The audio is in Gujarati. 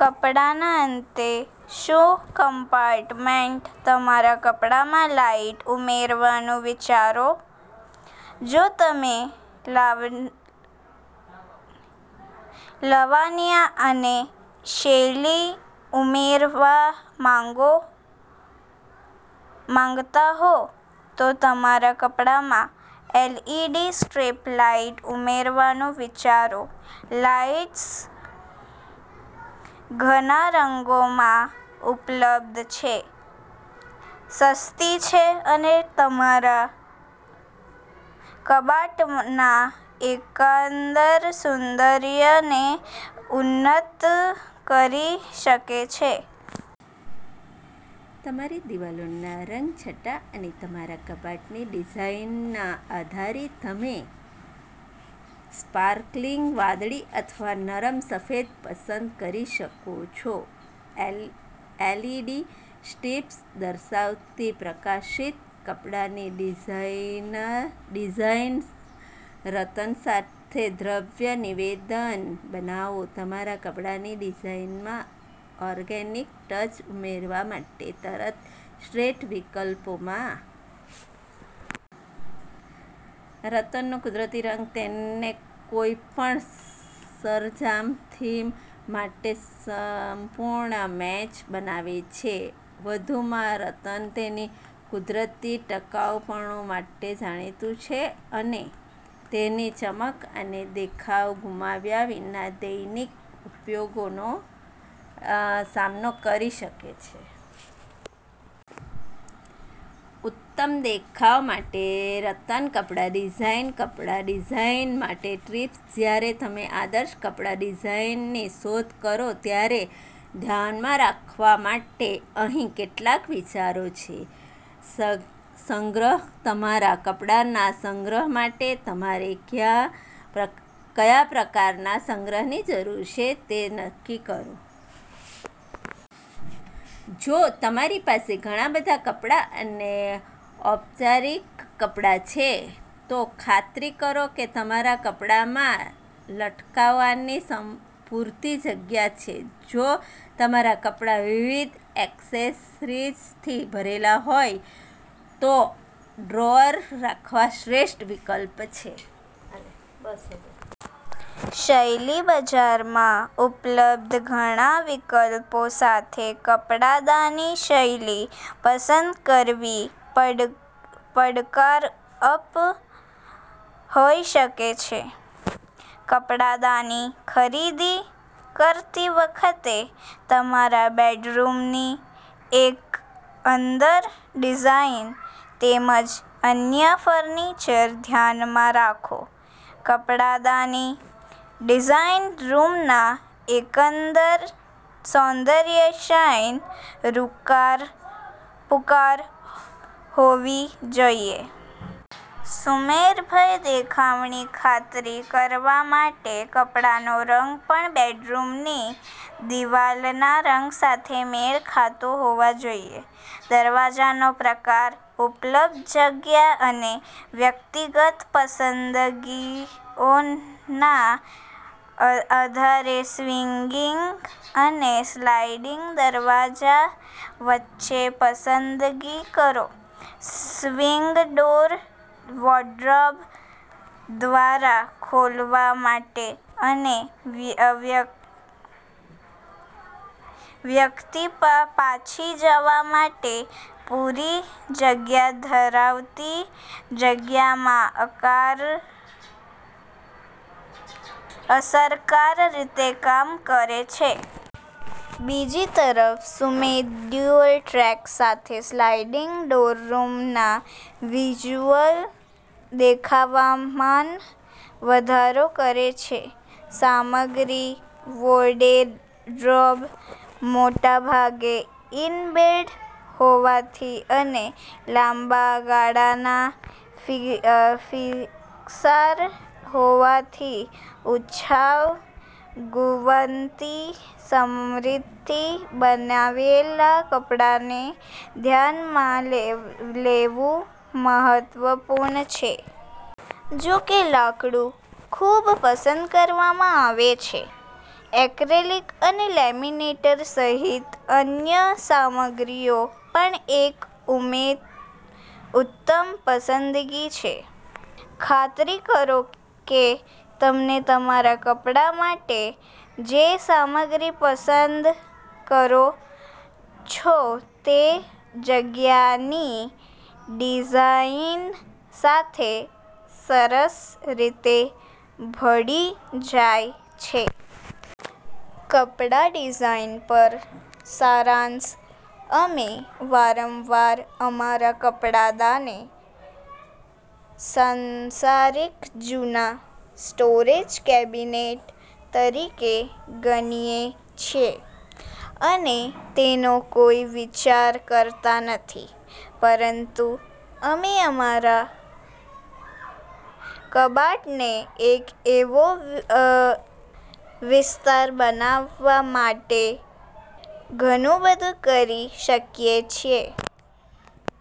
કપડાના અંતે શૂ કમ્પાર્ટમેન્ટ. તમારા કપડામાં લાઇટ ઉમેરવાનું વિચારો. જો તમે લાવણ્ય અને શૈલી ઉમેરવા માંગો માંગતા હો, તો તમારા કપડામાં એલઇડી સ્ટ્રીપ લાઇટ ઉમેરવાનું વિચારો. લાઇટ્સ ઘણા રંગોમાં ઉપલબ્ધ છે, સસ્તી છે અને તમારા કબાટના એકંદર સૌંદર્યને ઉન્નત કરી શકે છે. તમારી દિવાલોના રંગછટા અને તમારા કબાટની ડિઝાઇનના આધારે, તમે સ્પાર્કલિંગ વાદળી અથવા નરમ સફેદ પસંદ કરી શકો છો.એલ એલઇડી સ્ટ્રીપ્સ દર્શાવતી પ્રકાશિત કપડાની ડિઝાઇન ડિઝાઇન. રતન સાથે દ્રવ્ય નિવેદન બનાવો. તમારા કપડાની ડિઝાઇનમાં ઓર્ગેનિક ટચ ઉમેરવા માટે રતન શ્રેષ્ઠ વિકલ્પોમાં રતનનો કુદરતી રંગ તેને કોઈપણ સર જામ થીમ માટે સંપૂર્ણ મેચ બનાવે છે. વધુમાં, રતન તેની કુદરતી ટકાઉપણું માટે જાણીતું છે અને તેની ચમક અને દેખાવ ગુમાવ્યા વિના દૈનિક ઉપયોગનો સામનો કરી શકે છે. ઉત્તમ દેખાવ માટે રતન કપડા ડિઝાઇન. કપડા ડિઝાઇન માટે ટિપ્સ. જ્યારે તમે આદર્શ કપડા ડિઝાઇનની શોધ કરો ત્યારે ધ્યાનમાં રાખવા માટે અહીં કેટલાક વિચારો છે. સંગ્રહ. તમારા કપડાંના સંગ્રહ માટે તમારે કયા પ્રકારના સંગ્રહની જરૂર છે તે નક્કી કરો. જો તમારી પાસે ઘણાં બધાં કપડાં અને ઔપચારિક કપડાં છે, તો સંપુ ખાતરી કરો કે તમારા કપડામાં લટકાવવાની પૂરતી જગ્યા છે. જો તમારા કપડા વિવિધ એક્સેસરીઝથી ભરેલા હોય, તો ડ્રોઅર રાખવા શ્રેષ્ઠ વિકલ્પ છે. શૈલી. બજારમાં ઉપલબ્ધ ઘણા વિકલ્પો સાથે કપડાની શૈલી પસંદ કરવી પડકારરૂપ હોઈ શકે છે. કપડાદાની ખરીદી કરતી વખતે તમારા બેડરૂમની એકંદર ડિઝાઇન તેમજ અન્ય ફર્નિચરને ધ્યાનમાં રાખો. કપડાદાની ડિઝાઇન રૂમના એકંદર સૌંદર્યશાયન પૂકાર હોવી જોઈએ. સુમેળભર્યા દેખાવની ખાતરી કરવા માટે કપડાનો રંગ પણ બેડરૂમની દિવાલના રંગ સાથે મેળ ખાતો હોવો જોઈએ. દરવાજાનો પ્રકાર. ઉપલબ્ધ જગ્યા અને વ્યક્તિગત પસંદગીઓના આધારે, સ્વિંગિંગ અને સ્લાઇડિંગ દરવાજા વચ્ચે પસંદગી કરો. સ્વિંગ ડોર વોર્ડરોબ દરવાજા ખોલવા માટે અને વ્યક્તિ પાછળ જવા માટે પૂરતી જગ્યા ધરાવતી જગ્યામાં અસરકારક રીતે કામ કરે છે. બીજી તરફ, સ્મેધ ડ્યુઅલ ટ્રેક સાથે સ્લાઇડિંગ ડોર રૂમના વિઝ્યુઅલ દેખાવમાં વધારો કરે છે. સામગ્રી. વોર્ડરોબ મોટાભાગે ઇન-બિલ્ટ હોવાથી અને લાંબા ગાળાના ફિક્સર હોવાથી, ઉચ્છાવ ગુણવત્તાની સમગ્રીથી બનાવેલ કપડાને ધ્યાનમાં લેવું મહત્વપૂર્ણ છે. જો કે લાકડું ખૂબ પસંદ કરવામાં આવે છે, એક્રેલિક અને લેમિનેટ સહિત અન્ય સામગ્રીઓ પણ એક ઊરી ઉત્તમ પસંદગી છે. ખાતરી કરો કે તમે તમારા કપડા માટે જે સામગ્રી પસંદ કરો છો તે જગ્યાની ડિઝાઇન સાથે સરસ રીતે ભળી જાય છે. કપડા ડિઝાઇન પર સારાંશ. અમે વારંવાર અમારા કપડાને સાંસારિક જૂના સ્ટોરેજ કેબિનેટ તરીકે ગણીએ છીએ અને તેનો કોઈ વિચાર કરતા નથી. પરંતુ અમે અમારા કબાટને એક એવો વિસ્તાર બનાવવા માટે ઘણું બધું કરી શકીએ છીએ.